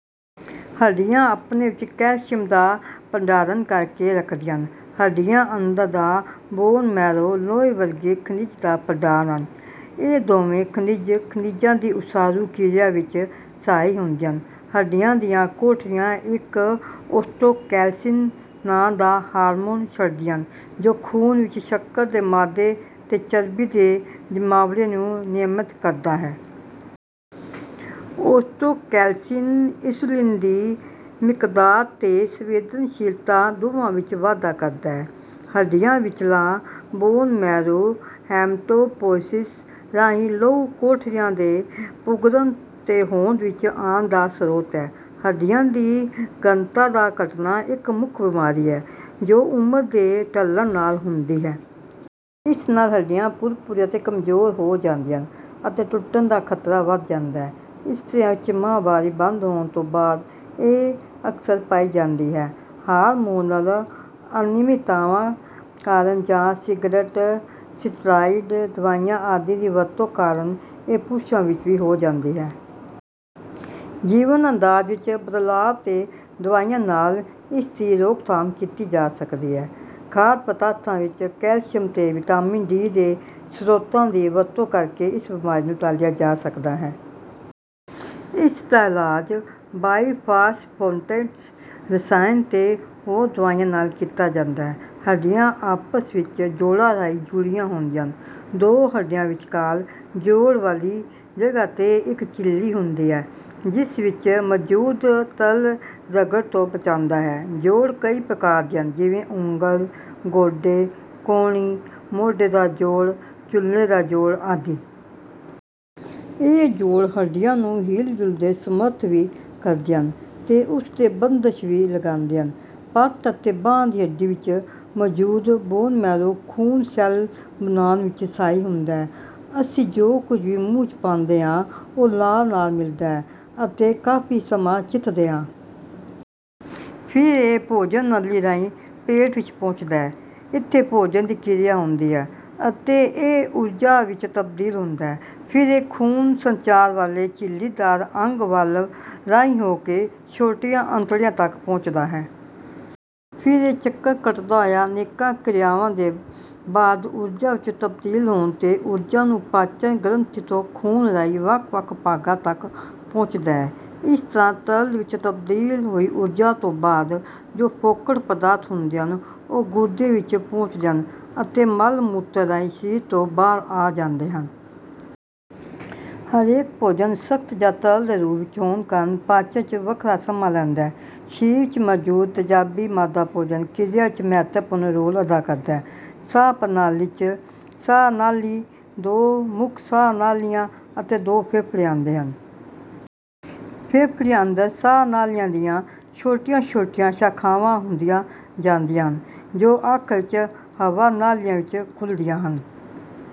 ਹੱਡੀਆਂ ਆਪਣੇ ਵਿੱਚ ਕੈਲਸ਼ੀਅਮ ਦਾ ਭੰਡਾਰਣ ਕਰਕੇ ਰੱਖਦੀਆਂ ਹਨ ਹੱਡੀਆ ਅੰਦਰ ਦਾ ਬੋਨਮੈਰੋ ਲੋਹੇ ਵਰਗੇ ਖਣਿਜ ਦਾ ਭੰਡਾਰ ਹਨ। ਇਹ ਦੋਵੇਂ ਖਣਿਜ ,ਖਣਿਜਾਂ ਦੀ ਉਸਾਰੂ ਕਿਰਿਆ ਵਿੱਚ ਸਹਾਈ ਹੁੰਦੇ ਹਨ। ਹੱਡੀਆ ਦੀਆ ਕੋਠੜੀਆਂ ਇੱਕ ਔਸਟੋਕੈਲਸਿਨ ਨਾਂ ਦਾ ਹਾਰਮੋਨ ਛੱਡਦੀਆਂ ਹਨ ਜੋ ਖੂਨ ਵਿੱਚ ਸ਼ੱਕਰ ਦੇ ਮਾਦੇ ਤੇ ਚਰਬੀ ਦੇ ਜਮਾਵੜੇ ਨੂੰ ਨਿਯਮਿਤ ਕਰਦਾ ਹੈ। ਔਸਟੋਕੈਲਸਿਨ ਇੰਸੂਲਿਨ ਦੀ ਮਿਕਦਾਰ ਤੇ ਸੰਵੇਦਨਸ਼ੀਲਤਾ ਦੋਵਾਂ ਵਿੱਚ ਵਾਧਾ ਕਰਦਾ ਹੈ। ਹੱਡੀਆਂ ਵਿਚਲਾ ਬੋਨਮੈਰੋ ਹੈਮਟੋਪੋਇਸਿਸ ਰਾਹੀਂ ਲਹੂ ਕੋਠੜੀਆਂ ਦੇ ਪੁੰਗਰਣ ਤੇ ਹੌਂਦ ਵਿੱਚ ਆਣ ਦਾ ਸ੍ਰੋਤ ਹੈ। ਹੱਡੀਆਂ ਦੀ ਘਣਤਾ ਦਾ ਘਟਣਾ ਇੱਕ ਮੁਖ ਬਿਮਾਰੀ ਹੈ ਜੋ ਉਮਰ ਦੇ ਢਲਣ ਨਾਲ ਹੁੰਦੀ ਹੈ। ਇਸ ਨਾਲ ਹੱਡੀਆਂ ਭੁਰਭੁਰੀਆਂ ਤੇ ਕਮਜੋਰ ਹੋ ਜਾਂਦੀਆਂ ਹਨ ਅਤੇ ਟੁੱਟਣ ਦਾ ਖ਼ਤਰਾ ਵੱਧ ਜਾਂਦਾ ਹੈ। ਇਸਤਰੀਆਂ ਵਿੱਚ ਮਾਹਵਾਰੀ ਬੰਦ ਹੋਣ ਤੌਂ ਬਾਦ ਇਹ ਅਕਸਰ ਪਾਈ ਜਾਂਦੀ ਹੈ। ਹਾਰਮੋਨਲ ਅਨਿਯਮਿਤਾਵਾਂ ਕਾਰਨ ਜਾਂ ਸਿਗਰਟ, ਸਟੀਰਾਇਡ ਦਵਾਈਆਂ ਆਦਿ ਦੀ ਵਰਤੋਂ ਕਾਰਨ ਇਹ ਪੁਰਸ਼ਾਂ ਵਿੱਚ ਵੀ ਹੋ ਜਾਂਦੀ ਹੈ। ਜੀਵਨ ਅੰਦਾਜ਼ ਵਿੱਚ ਬਦਲਾਅ ਤੇ ਦਵਾਈਆਂ ਨਾਲ ਇਸ ਦੀ ਰੋਕਥਾਮ ਕੀਤੀ ਜਾ ਸਕਦੀ ਹੈ। ਖਾਧ ਪਦਾਰਥਾਂ ਵਿੱਚ ਕੈਲਸ਼ੀਅਮ ਤੇ ਵਿਟਾਮਿਨ ਡੀ ਦੇ ਸ੍ਰੋਤਾਂ ਦੀ ਵਰਤੋਂ ਕਰਕੇ ਇਸ ਬਿਮਾਰੀ ਨੂੰ ਟਾਲਿਆ ਜਾ ਸਕਦਾ ਹੈ। ਇਸ ਦਾ ਇਲਾਜ ਬਾਈਫਾਸਫੋਨੇਟਸ ਰਸਾਇਣ ਤੇ ਹੋਰ ਦਵਾਈਆਂ ਨਾਲ ਕੀਤਾ ਜਾਂਦਾ ਹੈ। ਹੱਡੀਆਂ ਆਪਸ ਵਿੱਚ ਜੋੜਾਂ ਰਾਹੀਂ ਜੁੜੀਆਂ ਹੁੰਦੀਆ ਹਨ। ਦੋ ਹੱਡੀਆਂ ਵਿਚਕਾਰ ਜੋੜ ਵਾਲੀ ਜਗਾਹ 'ਤੇ ਇੱਕ ਝਿੱਲੀ ਹੁੰਦੀ ਹੈ ਜਿਸ ਵਿੱਚ ਮੌਜ਼ੂਦ ਤਰਲ ਰਗੜ ਤੋਂ ਬਚਾਉਂਦਾ ਹੈ ਜੋੜ ਕਈ ਪ੍ਰਕਾਰ ਦੇ ਹਨ ਜਿਵੇਂ ਉਂਗਲ, ਗੋਡੇ, ਕੂਹਣੀ, ਮੋਢੇ ਦਾ ਜੋੜ, ਚੂਲੇ ਦਾ ਜੋੜ ਆਦਿ। ਇਹ ਜੋੜ ਹੱਡੀਆਂ ਨੂੰ ਹਿਲਜੁਲ ਦੇ ਸਮਰੱਥ ਵੀ ਕਰਦੇ ਹਨ ਤੇ ਉਸ ਤੇ ਬੰਦਸ਼ ਵੀ ਲਗਾਂਦੇ ਹਨ। ਪੱਟ ਅਤੇ ਬਾਂਹ ਦੀ ਹੱਡੀ ਵਿੱਚ ਮੌਜੂਦ ਬੋਨ ਮੈਰੋ ਖੂਨ ਸੈੱਲ ਬਣਾਓੁਣ ਵਿੱਚ ਸਹਾਈ ਹੁੰਦਾ ਹੈ ਅਸੀਂ ਜੋ ਕੁਝ ਵੀ ਮੂੰਹ ਚ ਪਾਉਂਦੇ ਹਾਂ, ਉਹ ਲਾਰ ਨਾਲ ਮਿਲਦਾ ਹੈ ਅਤੇ ਕਾਫ਼ੀ ਸਮਾਂ ਚਿੱਥਦੇ ਹਾਂ। ਫਿਰ ਇਹ ਭੋਜਨ ਨਲੀ ਰਾਹੀਂ ਪੇਟ ਵਿੱਚ ਪਹੁੰਚਦਾ ਹੈ। ਇੱਥੇ ਭੋਜਨ ਦੀ ਕਿਰਿਆ ਹੁੰਦੀ ਹੈ ਅਤੇ ਇਹ ਊੁਰਜਾ ਵਿੱਚ ਤਬਦੀਲ ਹੁੰਦਾ ਹੈ। ਫਿਰ ਇਹ ਖੂਨ ਸੰਚਾਰ ਵਾਲੇ ਝਿੱਲੀਦਾਰ ਅੰਗ ਵਾਲਵ ਰਾਹੀਂ ਹੋ ਕੇ ਛੋਟੀਆਂ ਅੰਤੜੀਆਂ ਤਕ ਪਹੁੰਚਦਾ ਹੈ। ਫਿਰ ਇਹ ਚੱਕਰ ਕੱਟਦਾ ਹੋਇਆ ਅਨੇਕਾਂ ਕਿਰਿਆਵਾਂ ਦੇ ਬਾਅਦ ਊਰਜਾ ਵਿੱਚ ਤਬਦੀਲ ਹੋਣ ਤੇ ਉੂਰਜਾ ਨੂੰ ਪਾਚਨ ਗ੍ਰੰਥੀ ਤੋਂ ਖੂਨ ਰਾਹੀਂ ਵੱਖ-ਵੱਖ ਭਾਗਾਂ ਤਕ ਪਹੁੰਚਦਾ ਹੈ। ਇਸ ਤਰ੍ਹਾਂ ਤਰਲ ਵਿੱਚ ਤਬਦੀਲ ਹੋਈ ਊਰਜਾ ਤੋਂ ਬਾਅਦ ਜੋ ਫੋਕਟ ਪਦਾਰਥ ਹੁੰਦੇ ਹਨ, ਉਹ ਗੁਰਦੇ ਵਿੱਚ ਪਹੁੰਚਦੇ ਹਨ ਅਤੇ ਮਲ-ਮੂਤਰ ਰਾਹੀਂ ਸਰੀਰ ਤੋਂ ਬਾਹਰ ਆ ਜਾਂਦੇ ਹਨ। ਹਰੇਕ ਭੋਜਨ ਸਖ਼ਤ ਜਾਂ ਤਰਲ ਦੇ ਰੂਪ ਵਿੱਚ ਹੋਣ ਕਾਰਨ ਪਾਚਨ ਵਿੱਚ ਵੱਖਰਾ ਸਮਾਂ ਲੈਂਦਾ ਹੈ। ਸਰੀਰ ਵਿੱਚ ਮੌਜੂਦ ਤੇਜ਼ਾਬੀ ਮਾਦਾ ਭੋਜਨ ਕਿਰਿਆ ਵਿੱਚ ਮਹੱਤਵਪੂਰਨ ਰੋਲ ਅਦਾ ਕਰਦਾ ਹੈ ਸਾਹ-ਪ੍ਰਣਾਲੀ ਵਿੱਚ ਸਾਹ-ਨਾਲੀ, ਦੋ ਮੁੱਖ ਸਾਹ-ਨਾਲੀਆਂ ਅਤੇ ਦੋ ਫੇਫੜੇ ਆਉਂਦੇ ਹਨ। ਫੇਫੜਿਆਂ ਅੰਦਰ ਸਾਹ-ਨਾਲੀਆਂ ਦੀਆਂ ਛੋਟੀਆਂ-ਛੋਟੀਆਂ ਸ਼ਾਖ਼ਾਵਾਂ ਹੁੰਦੀਆਂ ਜਾਂਦੀਆਂ ਹਨ ਜੋ ਆਖ਼ਰ ਵਿੱਚ ਹਵਾ ਨਾਲੀਆਂ ਵਿੱਚ ਖੁੱਲ੍ਹਦੀਆਂ ਹਨ।